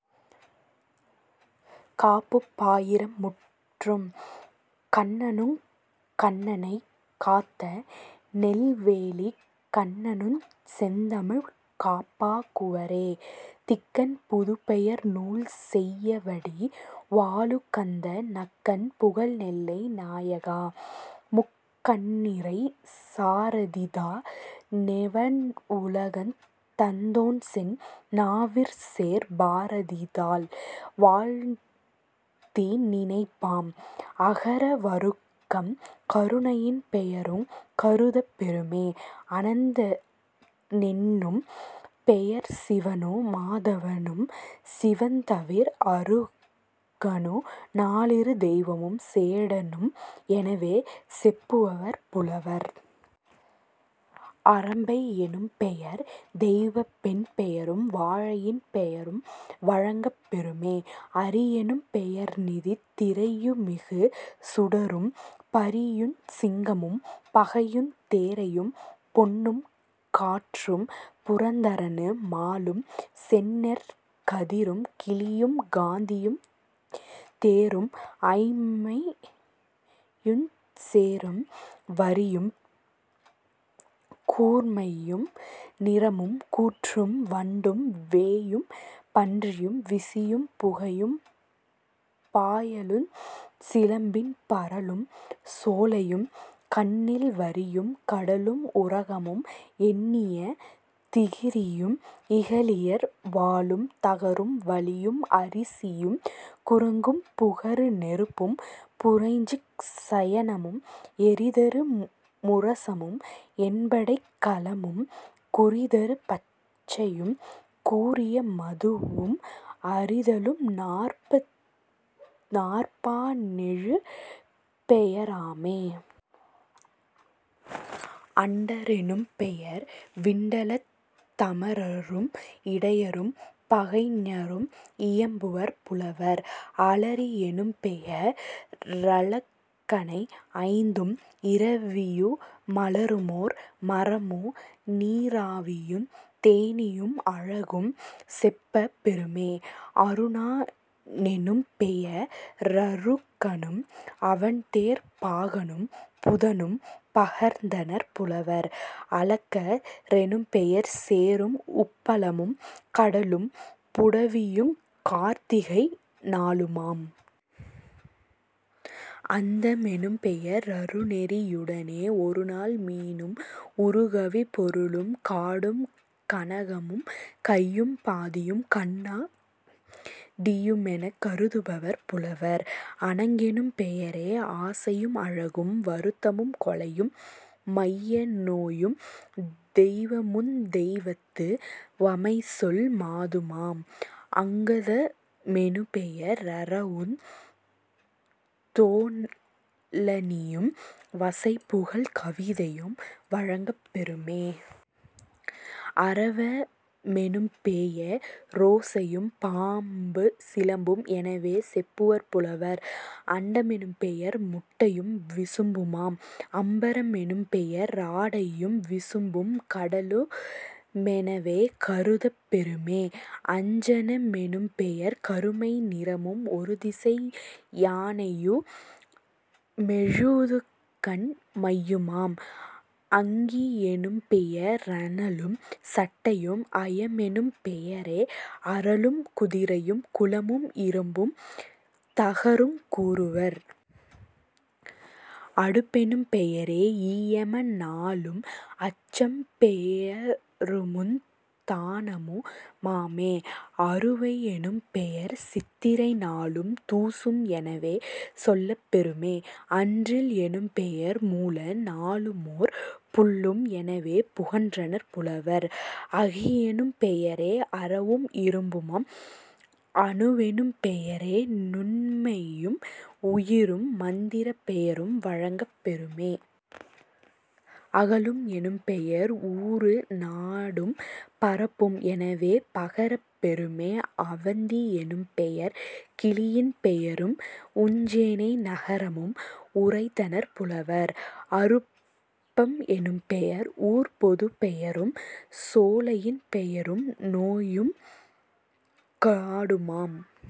காப்புப் பாயிரம் முற்றும். கண்ணனுங் கண்ணனைக் காத்த நெல்வேலிக் கண்ணனுஞ் செந்தமிழ்க் காப்பா குவரே. திக்கன் புறுபெயர் நூல்செய்யவடி வாளுகந்த நக்கன் புகழ்நெல்லை நாயக-முக்கண்ணிறை சாரதிதா னெவவ்வுலகந் தந்தோன்செந் நாவினிற்சேர் பாரதிதாள் வாழ்த்திநினைப் பாம். அகர வருக்கம் கருணையின் பெயருங் கருதப்பெறுமே..... அனந்த னென்னும் பெயர்சிவனு மாதவனும் சினந்தவிர் அருகனு நாலிரு தெய்வமும் சேடனும் எனவே செப்புவர் புலவர்..... அரம்பை யெனும்பெயர் தெய்வப்பெண் பெயரும் வாழையின் பெயரும் வழங்கப் பெறுமே..... அரியெனும் பெயர்நித் திரையுமிரு சுடரும் பரியுஞ் சிங்கமும் பகையுந் தேரையும் பொன்னும் காற்றும் புரந்தரனு மாலும் செந்நெற் கதிரும் கிளியும் காந்தியும் தேரும் ஐம்மையுஞ் சேகும் வரியும் கூர்மையு நிறமும் கூற்றும் வண்டும் வேயும் பன்றியும் விசியும் புகையும் பாயலுஞ் சிலம்பின் பரலும் சோலையும் கண்ணில் வரியும் கடலும் உரகமும் எண்ணிய திகிரியும் இகலியர் வாளும் தகரும் வலியும் அரிசியும் குரங்கும் புகரு நெருப்பும் புரையுஞ் சயனமும் எறிதரு முரசமும் எண்படைக் கலமும் குறிதரு பச்சையும் கூறிய மதுவும் அரிதலும் நாற்பா னெழு பெயராமே..... அண்ட ரெனும்பெயர் விண்டலத் தமரரும் இடையரும் பகைஞரும் இயம்புவர் புலவர்..... அலரி யெனும்பெய ரலர்க்கணை ஐந்தும் இரவியு மலருமோர் மரமு நீராவியுந் தேனீயும் அழகும் செப்பப் பெறுமே..... அருண னெனும்பெய ரருக்கனும் அவன்தேர்ப் பாகனும் புதனும் பகர்ந்தனர் புலவர்..... அளக்க ரெனும்பெயர் சேறும் உப்பளமும் கடலும் புடவியுங் கார்த்திகை நாளுமாம்..... அந்த மெனும்பெய ரருநெறி யுடனே ஒருநாள் மீனும் உறுகவிப் பொருளும் காடும் கனகமும் கையும் பாதியும் கண்ணா டியுமெனக் கருதுவர் புலவர்..... அணங்கனெனும் பெயரே ஆசையும் அழகும் வருத்தமும் கொலையும் மையனோயும் தெய்வமுந் தெய்வத்து வமைசொல் மாதுமாம்..... அங்கத மெனுபெய ரரவுந் தோளணியும் வசைபுகல் கவிதையும் வழங்கப் பெறுமே..... அரவ மெனுபெய ரோசையும் பாம்பு சிலம்பும் எனவே செப்புவர் புலவர்..... அண்ட மெனும்பெயர் முட்டையும் விசும்புமாம்..... அம்பர மெனும்பெய ராடையும் விசும்பும் கடலு மெனவே கருதப்பெறுமே..... அஞ்சன மெனும்பெயர் கருமை நிறமும் ஒருதிசை யானையு மெழுதுகண் மையுமாம்..... அங்கி யெனும்பெய ரனலும் சட்டையும்..... அயமெனும் பெயரே அறலும் குதிரையும் குளமும் இரும்பும் தகருங் கூறுவர்..... அடுப்பெனும் பெயரே யியம னாளும் அச்சப் பெயருமுத் தானமு மாமே..... அறுவை யெனும்பெயர் சித்திரை நாளும் தூசும் எனவே சொல்லப் பெறுமே..... அன்றில் எனும்பெயர் மூல நாளுமோர் புள்ளும் எனவே புகன்றனர் புலவர்..... அகியெனும் பெயரே அரவும் இரும்புமாம்..... அணுவெனும் பெயரே நுண்மையும் உயிரும் மந்திரப் பெயரும் வழங்கப் பெறுமே..... அகலுள் எனும் பெயர் ஊரு நாடும் பரப்பும் எனவே பகரப் பெறுமே..... அவந்தி யெனும் பெயர் கிளியின் பெயரும் உஞ்சேனை நகரமும் உரைத்தனர் புலவர்..... அருப்பம் எனும்பெயர் ஊர்ப்பொதுப் பெயரும் சோலையின் பெயரும் நோயும் காடுமாம்.